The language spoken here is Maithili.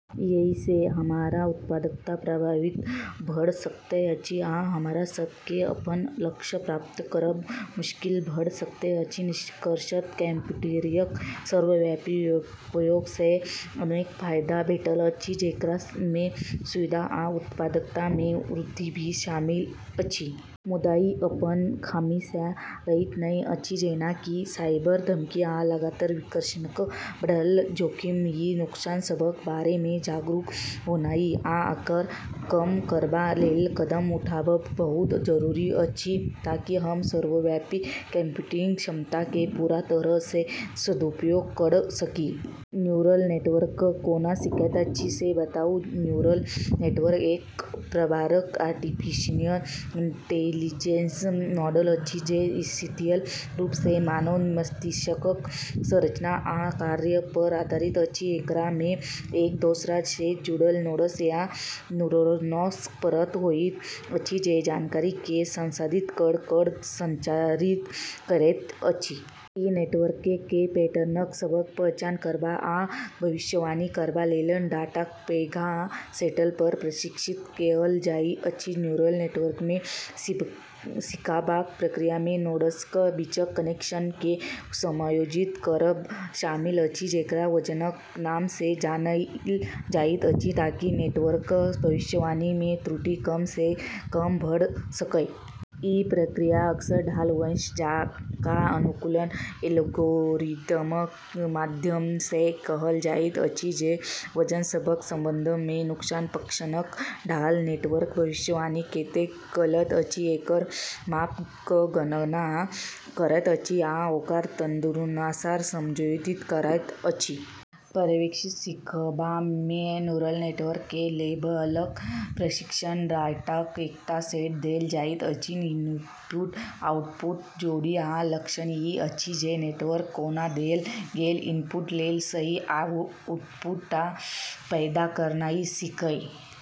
एहि सँ हमर उत्पादकता प्रभावित भऽ सकैत अछि, आ हमरा सभ केँ अपन लक्ष्य प्राप्त करब मुश्किल भऽ सकैत अछि। निष्कर्षतः कंप्यूटरक सर्वव्यापी उपयोग सँ अनेक फायदा भेटल अछि, जेकरा मे सुविधा आ उत्पादकता मे वृद्धि भी शामिल अछि। मुदा ई अपन खामी सँ रहित नहि अछि, जेना कि साइबर धमकी आ लगातार विकर्षणक बढ़ल जोखिम। ई नुकसान सभक बारे मे जागरूक होनाइ आ एकरा कम करबा लेल कदम उठाबब बहुत जरूरी अछि, ताकि हम सर्वव्यापी कंप्यूटिंगक क्षमता केँ पूरा तरह सँ सदुपयोग कऽ सकिए। न्यूरल नेटवर्क कोना सीखैत अछि से बताउ। न्यूरल नेटवर्क एक प्रकारक आर्टिफिशियल इंटेलिजेंस मॉडल अछि जे शिथिल रूप सँ मानव मस्तिष्कक संरचना आ कार्य पर आधारित अछि। एकरा मे एक दोसरा सँ जुड़ल नोड्स या न्यूरॉन्सक परत होइत अछि जे जानकारी केँ संसाधित कऽ कऽ संचारित करैत अछि। ई नेटवर्क केँ पैटर्न सभक पहचान करबा आ भविष्यवाणी करबा लेल डाटाक पैघ सेट पर प्रशिक्षित कएल जाइत अछि। न्यूरल नेटवर्क मे सीखबाक प्रक्रिया मे नोड्सक बीचक कनेक्शन केँ समायोजित करब शामिल अछि, जेकरा वजनक नाम सँ जानल जाइत अछि, ताकि नेटवर्कक भविष्यवाणी मे त्रुटि कम सँ कम भऽ सकए। ई प्रक्रिया अक्सर ढाल वंश जकाँ अनुकूलन एल्गोरिदमक माध्यम सँ कएल जाइत अछि, जे वजन सभक संबंध मे नुकसान फ़ंक्शनक ढाल (नेटवर्कक भविष्यवाणी कतेक गलत अछि एकर माप) क गणना करैत अछि आ ओकरा तदनुसार समायोजित करैत अछि। पर्यवेक्षित सीखबा मे न्यूरल नेटवर्क केँ लेबल प्रशिक्षण डाटाक एकटा सेट देल जाइत अछि इनपुट-आउटपुट जोड़ी आ लक्ष्य ई अछि जे नेटवर्क कोनो देल गेल इनपुट लेल सही आउटपुट पैदा करनाइ सीखए।